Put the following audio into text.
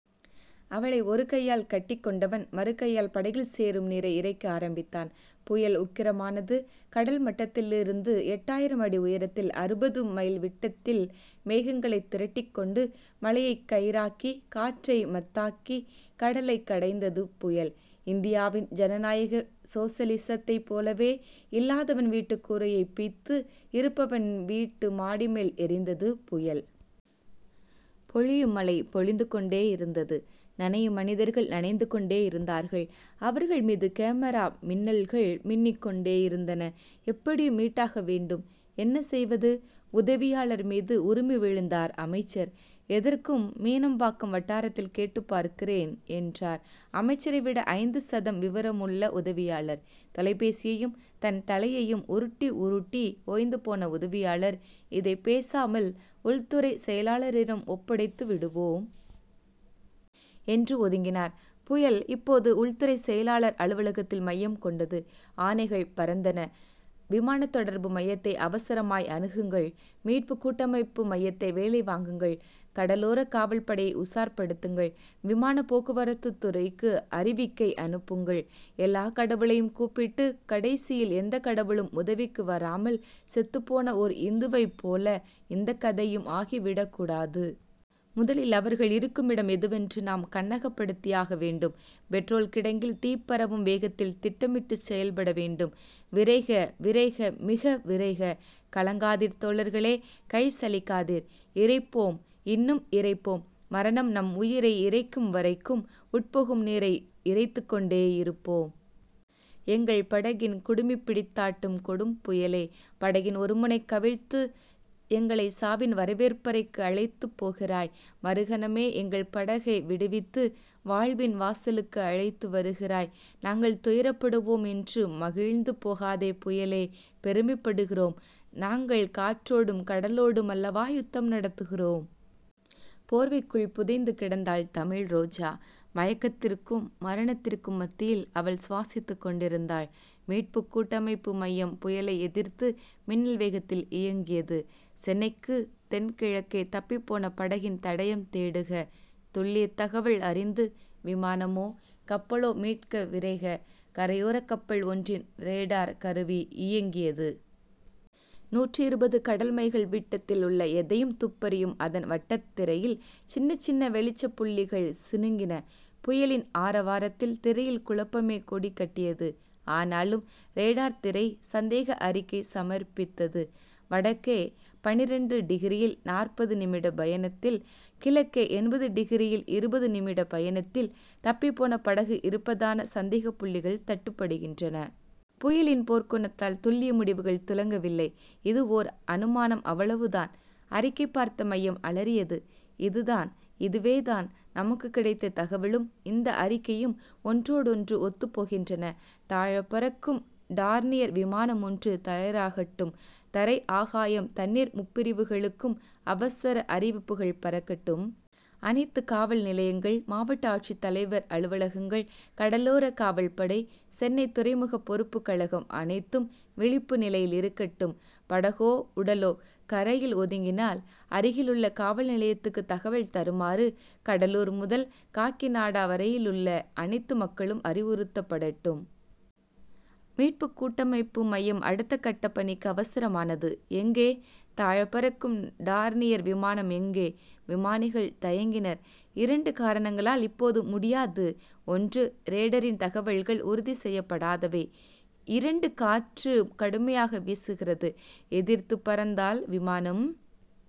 அவளை ஒருகையால் கட்டிக்கொண்டவன், மறுகையால் படகில் சேரும் நீரை இறைக்க ஆரம்பித்தான். புயல் உக்கிரமானது. கடல் மட்டத்திலிருந்து எட்டாயிரம் அடி உயரத்தில் அறுபது மைல் விட்டத்தில் மேகங்களைத் திரட்டிக்கொண்டு, மழையைக் கயிறாக்கிக் காற்றை மத்தாக்கிக் கடலைக் கடைந்தது புயல்... இந்தியாவின் ஜனநாயக சோசலிசத்தைப் போலவே இல்லாதவன் வீட்டுக் கூரையைப் பிய்த்து இருப்பவன் வீட்டு மாடிமேல் எறிந்தது புயல். பொழியும் மழை பொழிந்து கொண்டேயிருந்தது. நனையும் மனிதர்கள் நனைந்து கொண்டேயிருந்தார்கள். அவர்கள்மீது கேமரா மின்னல்கள் மின்னிக் கொண்டேயிருந்தன. எப்படியும் மீட்டாகவேண்டும்... என்ன செய்வது? உதவியாளர்மீது உறுமி விழுந்தார் அமைச்சர். எதற்கும் மீனம்பாக்கம் வட்டாரத்தில் கேட்டுப் பார்க்கிறேன்... என்றார் அமைச்சரைவிட ஐந்து சதம் விவரமுள்ள உதவியாளர். தொலைபேசியையும் தன் தலையையும் உருட்டி உருட்டி ஓய்ந்துபோன உதவியாளர், இதைப் பேசாமல் உள்துறைச் செயலாளரிடம் ஒப்படைத்துவிடுவோம்... என்று ஒதுங்கினார். புயல், இப்போது உள்துறைச் செயலாளர் அலுவலகத்தில் மையம் கொண்டது. ஆணைகள் பறந்தன. விமானத் தொடர்பு மையத்தை அவசரமாய் அணுகுங்கள். மீட்புக் கூட்டமைப்பு மையத்தை வேலை வாங்குங்கள். கடலோரக் காவல்படையை உஷார்ப்படுத்துங்கள். விமானப் போக்குவரத்துத் துறைக்கு அறிவிக்கை அனுப்புங்கள். எல்லாக் கடவுளையும் கூப்பிட்டுக் கடைசியில் எந்தக் கடவுளும் உதவிக்கு வராமல் செத்துப் போன ஓர் இந்துவைப் போல இந்தக் கதையும் ஆகிவிடக் கூடாது. முதலில் அவர்கள் இருக்குமிடம் எதுவென்று நாம் கண்ணகப்படுத்தியாக வேண்டும். பெட்ரோல் கிடங்கில் தீ பரவும் வேகத்தில் திட்டமிட்டுச் செயல்படவேண்டும். விரைக விரைக மிக விரைக. கலங்காதீர் தோழர்களே. கை சலிக்காதீர். இறைப்போம் இன்னும் இறைப்போம். மரணம் நம் உயிரை இறைக்கும்வரைக்கும், உட்புகும் நீரை இறைத்துக் கொண்டேயிருப்போம். எங்கள் படகின் குடுமி பிடித்தாட்டும் கொடும்புயலே. படகின் ஒருமுனை கவிழ்த்து எங்களைச் சாவின் வரவேற்பறைக்கு அழைத்துப் போகிறாய். மறுகணமே எங்கள் படகை விடுவித்து, வாழ்வின் வாசலுக்கு அழைத்து வருகிறாய். நாங்கள் துயரப்படுவோம் என்று மகிழ்ந்து போகாதே புயலே. பெருமைப்படுகிறோம். நாங்கள் காற்றோடும் கடலோடும் அல்லவா யுத்தம் நடத்துகிறோம்? போர்வைக்குள் புதைந்து கிடந்தாள் தமிழ்ரோஜா. மயக்கத்திற்கும் மரணத்திற்கும் மத்தியில் அவள் சுவாசித்துக் கொண்டிருந்தாள். மீட்புக் கூட்டமைப்பு மையம் புயலை எதிர்த்து மின்னல் வேகத்தில் இயங்கியது. சென்னைக்குத் தென்கிழக்கே தப்பிப்போன படகின் தடயம் தேடுக. துல்லியத் தகவல் அறிந்து விமானமோ கப்பலோ மீட்க விரைக. கரையோரக் கப்பல் ஒன்றின் ரேடார் கருவி இயங்கியது. நூற்று இருபது கடல்மைல்கள் விட்டத்தில் உள்ள எதையும் துப்பறியும் அதன் வட்டத்திரையில் சின்னச் சின்ன வெளிச்சப் புள்ளிகள் சிணுங்கின. புயலின் ஆரவாரத்தில் திரையில் குழப்பமே கொடி கட்டியது. ஆனாலும் ரேடார் திரை சந்தேக அறிக்கை சமர்ப்பித்தது. வடக்கே பன்னிரண்டு டிகிரியில் நாற்பது நிமிடப் பயணத்தில், கிழக்கே எண்பது டிகிரியில் இருபது நிமிடப் பயணத்தில் தப்பிப்போன படகு இருப்பதான சந்தேகப்புள்ளிகள் தட்டுப்படுகின்றன. புயலின் போர்க்குணத்தால் துல்லிய முடிவுகள் துலங்கவில்லை. இது ஓர் அனுமானம் அவ்வளவுதான்... அறிக்கை பார்த்த மையம் அலறியது. இதுதான். இதுவேதான். நமக்குக் கிடைத்த தகவலும் இந்த அறிக்கையும் ஒன்றோடொன்று ஒத்துப் போகின்றன. தாழப் பறக்கும் டார்னியர் விமானமொன்று தயாராகட்டும். தரை ஆகாயம் தண்ணீர் முப்பிரிவுகளுக்கும் அவசர அறிவிப்புகள் பறக்கட்டும். அனைத்துக் காவல் நிலையங்கள், மாவட்ட ஆட்சித் தலைவர் அலுவலகங்கள், கடலோரக் காவல்படை, சென்னை துறைமுகப் பொறுப்புக் கழகம் அனைத்தும் விழிப்பு நிலையில் இருக்கட்டும் படகோ உடலோ கரையில் ஒதுங்கினால், அருகிலுள்ள காவல் நிலையத்துக்குத் தகவல் தருமாறு கடலூர் முதல் காக்கிநாடா வரையிலுள்ள அனைத்து மக்களும் அறிவுறுத்தப்படட்டும். மீட்புக் கூட்டமைப்பு மையம் அடுத்த கட்டப் பணிக்கு அவசரமானது. எங்கே? தாழப் பறக்கும் டார்னியர் விமானம் எங்கே? விமானிகள் தயங்கினர். இரண்டு காரணங்களால் இப்போது முடியாது ஒன்று ரேடரின் தகவல்கள் உறுதிசெய்யப்படாதவை. இரண்டு காற்று கடுமையாக வீசுகிறது. எதிர்த்துப் பறந்தால் விமானம்